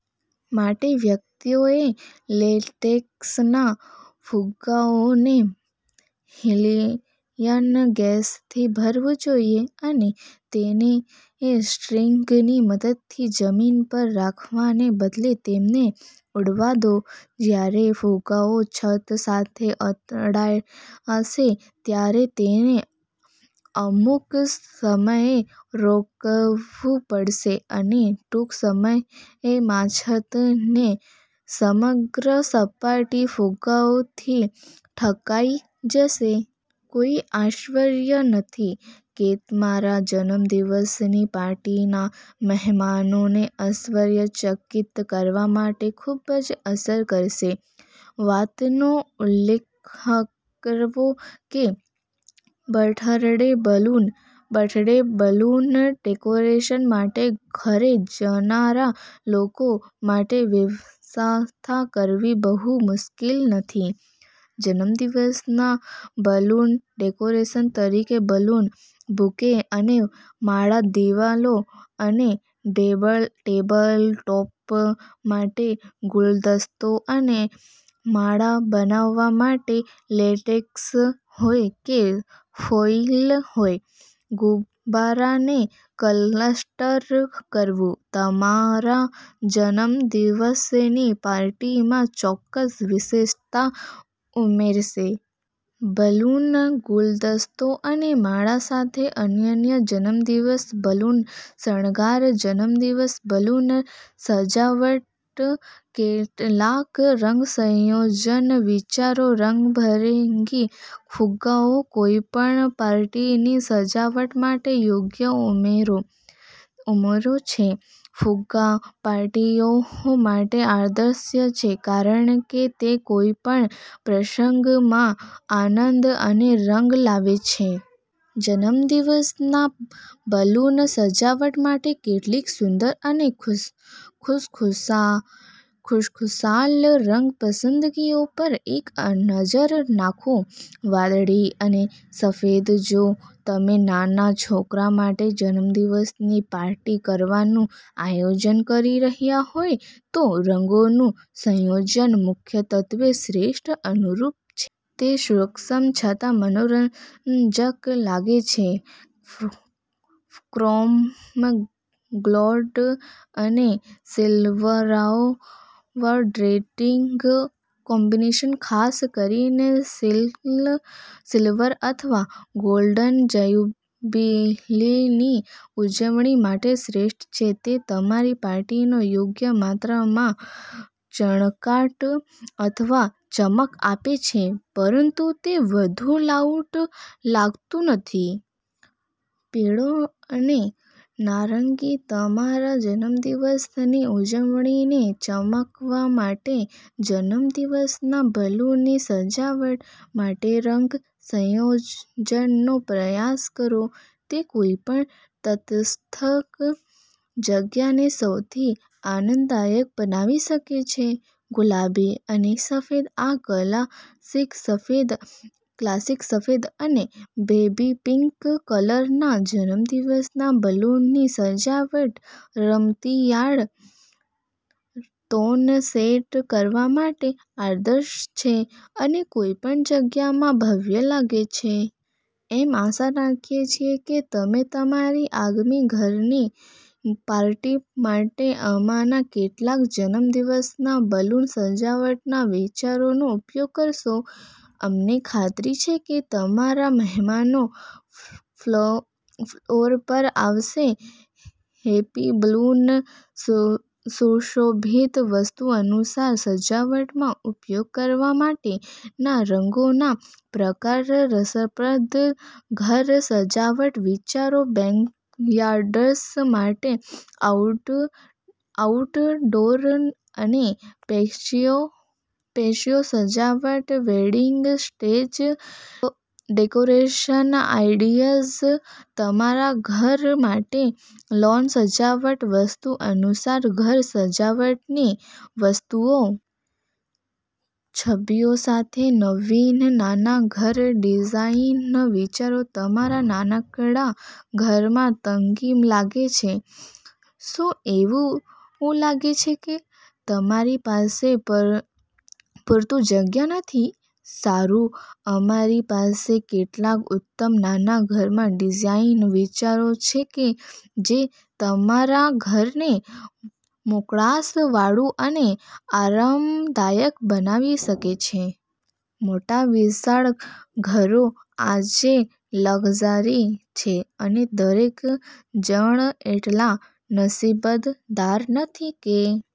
માટે, વ્યક્તિએ લેટેક્સના ફુગ્ગાઓને હિલીયમ ગેસથી ભરવું જોઈએ અને, તેને સ્ટ્રિંગની મદદથી જમીન પર રાખવાને બદલે, તેમને ઉડવા દો. જ્યારે ફુગ્ગાઓ છત સાથે અથડાશે ત્યારે તેને અમુક સમયે રોકવું પડશે અને ટૂંક સમયમાંછતની સમગ્ર સપાટી ફુગ્ગાઓથી ઢંકાઈ જશે. કોઈ આશ્ચર્ય નથી કેતમારા જન્મદિવસની પાર્ટીના મહેમાનોને આશ્ચર્યચકિત કરવા માટે ખૂબ અસર કરશે. વાતનો ઉલ્લેખકરવો કે બર્થડે બલૂન ડેકોરેશન માટે ઘરે જનારા લોકો માટેવ્યવસ્થા કરવી બહુ મુશ્કેલ નથી. જન્મદિવસના બલૂન ડેકોરેશન તરીકે બલૂન બુકે અને માળા દીવાલો અને ટેબલ ટોપ માટે ગુલદસ્તો અને માળા બનાવવા માટે, લેટેક્સ હોય કે ફોઈલ હોય, ગુબ્બારાને ક્લસ્ટર કરવું તમારા જન્મદિવસની પાર્ટીમાં ચોક્કસ વિશિષ્ટતા ઉમેરશે. બલૂન ગુલદસ્તો અને માળા સાથે અનન્ય જન્મદિવસ બલૂન શણગાર જન્મદિવસ બલૂન સજાવટકેટલાક રંગ સંયોજન વિચારો રંગબેરંગી ફુગ્ગાઓ કોઈપણ પાર્ટીની સજાવટ માટે યોગ્ય ઉમેરો છે, ફુગ્ગા પાર્ટીઓ માટે આદર્શ છે કારણ કે તે કોઈપણ પ્રસંગમાં આનંદ અને રંગ લાવે છે. જન્મદિવસના બલૂન સજાવટ માટે કેટલીક સુંદર અને ખુશખુશાલ રંગ પસંદગીઓ પર એક નજર નાખો. વાદળી અને સફેદજો તમે નાના છોકરા માટે જન્મદિવસની પાર્ટી કરવાનું આયોજન કરી રહ્યા હોવ તો રંગોનુંસંયોજન મુખ્યત્વે શ્રેષ્ઠ અનુરૂપ છે. તે સૂક્ષ્મ છતાં મનોરંજક લાગે છે. ક્રોમ ગોલ્ડ અને સિલ્વરઆ ટ્રેન્ડી કોમ્બિનેશન ખાસ કરીને સિલ્વર અથવા ગોલ્ડન જ્યુબિલીની ઉજવણી માટે શ્રેષ્ઠ છે. તે તમારી પાર્ટીને યોગ્ય માત્રામાં ચળકાટ અથવા ચમક આપે છે પરંતુ તે વધુ લાઉડ લાગતું નથી. પીળો અને નારંગીતમારા જન્મદિવસની ઉજવણીને ચમકાવવા માટે, જન્મદિવસના બલૂનની સજાવટ માટેરંગ સંયોજનનો પ્રયાસ કરો. તે કોઈપણ તટસ્થ જગ્યાને સૌથી આનંદદાયક બનાવી શકે છે. ગુલાબી અને સફેદઆ ક્લાસિક સફેદ અને બેબી પિંક કલરના જન્મદિવસના બલૂનની સજાવટ રમતિયાળ ટોન સેટ કરવા માટે આદર્શ છે અને કોઈપણ જગ્યામાં ભવ્ય લાગે છે. અમે આશા રાખીએ છીએ કે તમે તમારી આગામી ઘરની પાર્ટી માટે આમાંના કેટલાક જન્મદિવસના બલૂન સજાવટના વિચારોનો ઉપયોગ કરશો. અમને ખાતરી છે કે તમારા મહેમાનો ફ્લોર પર આવશે. હેપી બલૂન સુશોભિત! વાસ્તુ અનુસાર સજાવટમાં ઉપયોગ કરવા માટેના રંગોના પ્રકાર રસપ્રદ ઘર સજાવટ વિચારો બેકયાર્ડ્સ માટે આઉટડોર અને પેશિયો સજાવટ વેડિંગ સ્ટેજ ડેકોરેશન આઈડિયાઝ તમારા ઘર માટે લૉન સજાવટ વાસ્તુ અનુસાર ઘર સજાવટની વસ્તુઓ+.. છબીઓ સાથે નવીન નાના ઘર ડિઝાઇન વિચારો તમારા નાનકડા ઘરમાં તંગી લાગે છે? શું એવું લાગે છે કે તમારી પાસે પૂરતી જગ્યા નથી? સારું, અમારી પાસે કેટલાક ઉત્તમ નાના ઘર ડિઝાઇન વિચારો છે જે તમારા ઘરને મોકળાશવાળું અને આરામદાયક બનાવી શકે છે. મોટા, વિશાળ ઘરો આજે લક્ઝરી છે અને દરેક જણ એટલા નસીબદાર નથી કે